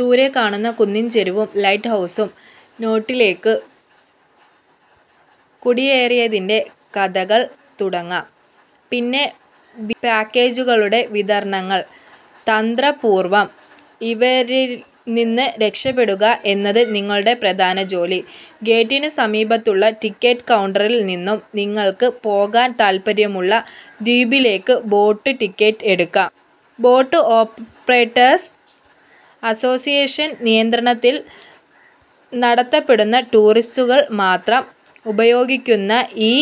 ദൂരെ കാണുന്ന കുന്നിന്ചെരിവും ലൈറ്റ് ഹൗസും നോട്ടിലേക്ക് കുടിയേറിയതിന്റെ കഥകള് തുടങ്ങും. പിന്നെ വിവിധ പാക്കേജുകളുടെ വിവരണങ്ങള്. തന്ത്രപൂര്വം ഇവരില്നിന്ന് രക്ഷപ്പെടുക എന്നതാണ് നിങ്ങളുടെ പ്രധാന ജോലി. ഗേറ്റിനു സമീപത്തുള്ള ടിക്കറ്റ് കൗണ്ടറില്നിന്നും നിങ്ങള്ക്ക് പോകാന് താത്പര്യമുള്ള ദ്വീപുകളിലേക്ക് ബോട്ട് ടിക്കറ്റ് എടുക്കാം. ബോട്ട് ഓപ്പറേറ്റേഴ്സ് അസോസിയേഷന് നിയന്ത്രണത്തില് നടത്തപ്പെടുന്ന, ടൂറിസ്റ്റുകള് മാത്രം ഉപയോഗിക്കുന്ന ഈ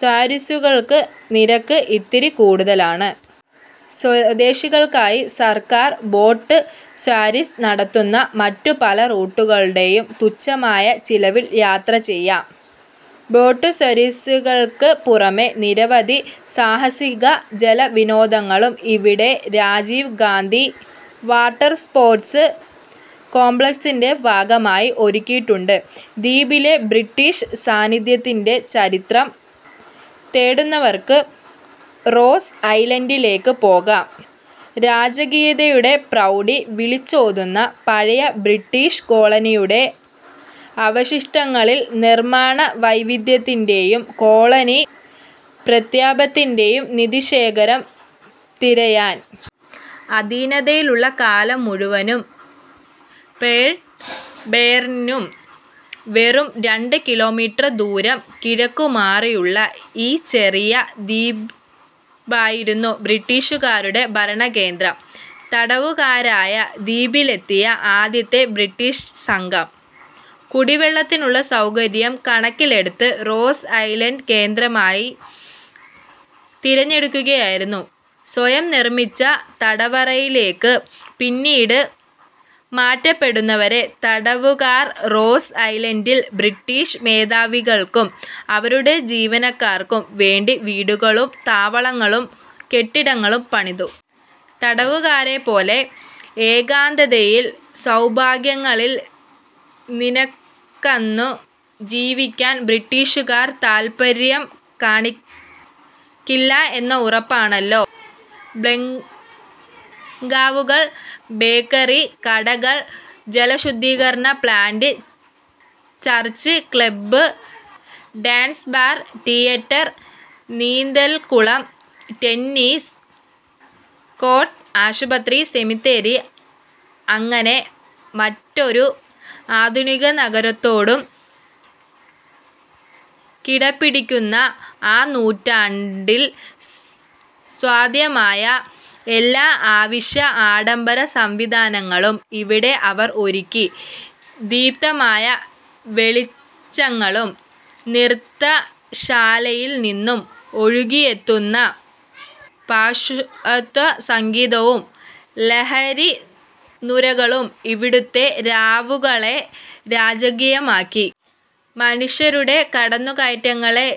സര്വീസുകള്ക്ക് നിരക്ക് ഇത്തിരി കൂടുതലാണ്. സ്വദേശികള്ക്കായി സര്ക്കാര് ബോട്ട് സര്വീസ് നടത്തുന്ന മറ്റു പല റൂട്ടുകളിലും തുച്ഛമായ ചെലവില് യാത്ര ചെയ്യാം. ബോട്ട് സര്വീസുകള്ക്ക് പുറമേ നിരവധി സാഹസിക ജലവിനോദങ്ങളും ഇവിടെയുള്ള രാജീവ് ഗാന്ധി വാട്ടര്സ്പോര്ട്സ് കോംപ്ലക്സിന്റെ ഭാഗമായി ഒരുക്കിയിട്ടുണ്ട്. ദ്വീപിലെ ബ്രിട്ടീഷ് സാന്നിധ്യത്തിന്റെ ചരിത്രം തേടുന്നവര്ക്ക് റോസ് ഐലന്ഡിലേക്ക് പോകാം; രാജകീയതയുടെ പ്രൗഢി വിളിച്ചോതുന്ന പഴയ ബ്രിട്ടീഷ് കോളനിയുടെ അവശിഷ്ടങ്ങളില് നിര്മാണ വൈദഗ്ധ്യത്തിന്റെയും കോളനി പ്രതാപത്തിന്റെയും നിധിശേഖരം തിരയാന്. അധീനതയിലുള്ള കാലം മുഴുവന്, പോര്ട്ട് ബ്ലെയറില്നിന്നും വെറും രണ്ടു കിലോമീറ്റര് ദൂരം കിഴക്കുമാറിയുള്ള ഈ ചെറിയ ദ്വീപായിരുന്നു ബ്രിട്ടീഷുകാരുടെ ഭരണകേന്ദ്രം. തടവുകാരുമായി ദ്വീപിലെത്തിയ ആദ്യത്തെ ബ്രിട്ടീഷ് സംഘം കുടിവെള്ളത്തിനുള്ള സൗകര്യം കണക്കിലെടുത്ത് റോസ് ഐലന്ഡ് കേന്ദ്രമായി തിരഞ്ഞെടുക്കുകയായിരുന്നു. സ്വയം നിര്മിച്ച തടവറകളിലേക്ക് പിന്നീട് മാറ്റപ്പെടുന്നതുവരെ തടവുകാര് റോസ് ഐലന്ഡില് ബ്രിട്ടീഷ് മേധാവികള്ക്കും അവരുടെ ജീവനക്കാര്ക്കും വേണ്ടി വീടുകളും താവളങ്ങളും കെട്ടിടങ്ങളും പണിതു. തടവുകാരെപോലെ ഏകാന്തതയില് സൗഭാഗ്യങ്ങളില് നിന്നകന്നു ജീവിക്കാന് ബ്രിട്ടീഷുകാര്ക്ക് താത്പര്യം കാണില്ല എന്ന് ഉറപ്പാണല്ലോ. ബംഗ്ലാവുകള്, ബേക്കറി, കടകള്, ജലശുദ്ധീകരണ plant, church, club, dance bar, theatre, നീന്തല്കുളം, ടെന്നീസ് കോര്ട്ട്, ആശുപത്രി, സെമിത്തേരി അങ്ങനെ മറ്റേതൊരു ആധുനികനഗരത്തോടും കിടപിടിക്കുന്ന, ആ നൂറ്റാണ്ടില് സാധ്യമായ, എല്ലാ അവശ്യ ആഡംബര സംവിധാനങ്ങളും ഇവിടെ അവര് ഒരുക്കി. ദീപ്തമായ വെളിച്ചങ്ങളും നൃത്തശാലയില് നിന്നും ഒഴുകിയെത്തുന്ന പാശ്ചാത്യസംഗീതവും ലഹരിനുരകളും ഇവിടുത്തെ രാവുകളെ രാജകീയമാക്കി. മനുഷ്യന്റെ കടന്നുകയറ്റങ്ങളെ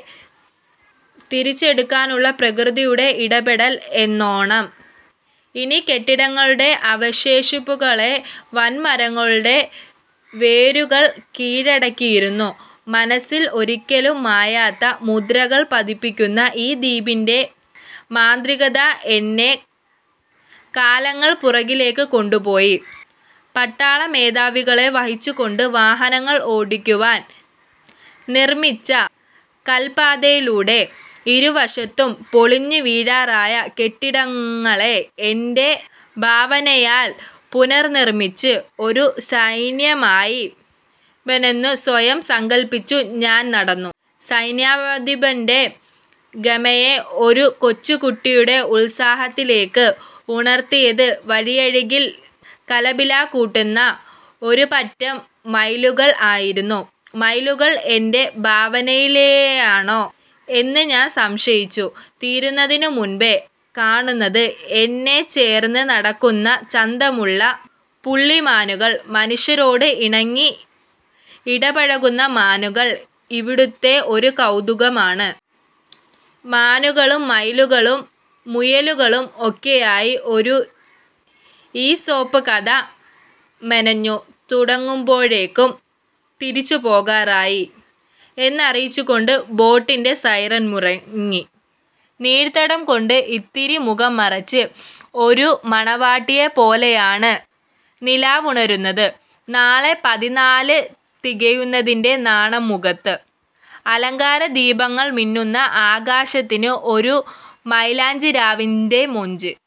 തിരിച്ചെടുക്കാനുള്ള പ്രകൃതിയുടെ ഇടപെടല് എന്നോണം ഇന്നീ കെട്ടിടങ്ങളുടെ അവശേഷിപ്പുകളെ വന്മരങ്ങളുടെ വേരുകള് കീഴടക്കിയിരിക്കുന്നു. മനസ്സില് ഒരിക്കലും മായാത്ത മുദ്രകള് പതിപ്പിക്കുന്ന ഈ ദ്വീപിന്റെ മാന്ത്രികത എന്നെ കാലങ്ങള് പുറകിലേക്ക് കൊണ്ടുപോയി. പട്ടാളമേധാവികളെ വഹിച്ചുകൊണ്ട് വാഹനങ്ങള് ഓടിക്കാന് നിര്മിച്ച കല്പാതയിലൂടെ, ഇരുവശത്തും പൊളിഞ്ഞുവീഴാറായ കെട്ടിടങ്ങളെ എന്റെ ഭാവനയാല് പുനര്നിര്മിച്ച് ഒരു സൈന്യാധിപനെന്നു സ്വയം സങ്കല്പ്പിച്ച് ഞാന് നടന്നു. സൈന്യാധിപന്റെ ഗമയെ ഒരു കൊച്ചുകുട്ടിയുടെ ഉത്സാഹത്തിലേക്ക് ഉണര്ത്തിയത് വഴിയരികില് കലപില കൂട്ടുന്ന ഒരുപറ്റം മയിലുകള് ആയിരുന്നു. മയിലുകള് എന്റെ ഭാവനയിലാണോ എന്ന് ഞാന് സംശയിച്ചു തീരുന്നതിനു മുന്പേ കാണുന്നത് എന്നെ ചേര്ന്ന് നടക്കുന്ന ചന്തമുള്ള പുള്ളിമാനുകള്. മനുഷ്യരോട് ഇണങ്ങി ഇടപഴകുന്ന മാനുകള് ഇവിടുത്തെ ഒരു കൗതുകമാണ്. മാനുകളും മയിലുകളും മുയലുകളും ഒക്കെയായി ഒരു ഈസോപ്പ് കഥ മെനഞ്ഞു തുടങ്ങുമ്പോഴേക്കും തിരിച്ചുപോകാറായി എന്നറിയിച്ചുകൊണ്ട് ബോട്ടിന്റെ സൈറണ് മുഴങ്ങി. നിഴല്തട്ടംകൊണ്ട് ഇത്തിരി മുഖം മറച്ച് ഒരു മണവാട്ടിയെ പോലെയാണ് നിലാവുണര്ന്നത്. നാളെ പതിന്നാല് തികയുന്നതിന്റെ നാണം മുഖത്ത്. അലങ്കാരദീപങ്ങള് മിന്നുന്ന ആകാശത്തിന് ഒരു മൈലാഞ്ചിരാവിന്റെ മൊഞ്ച്.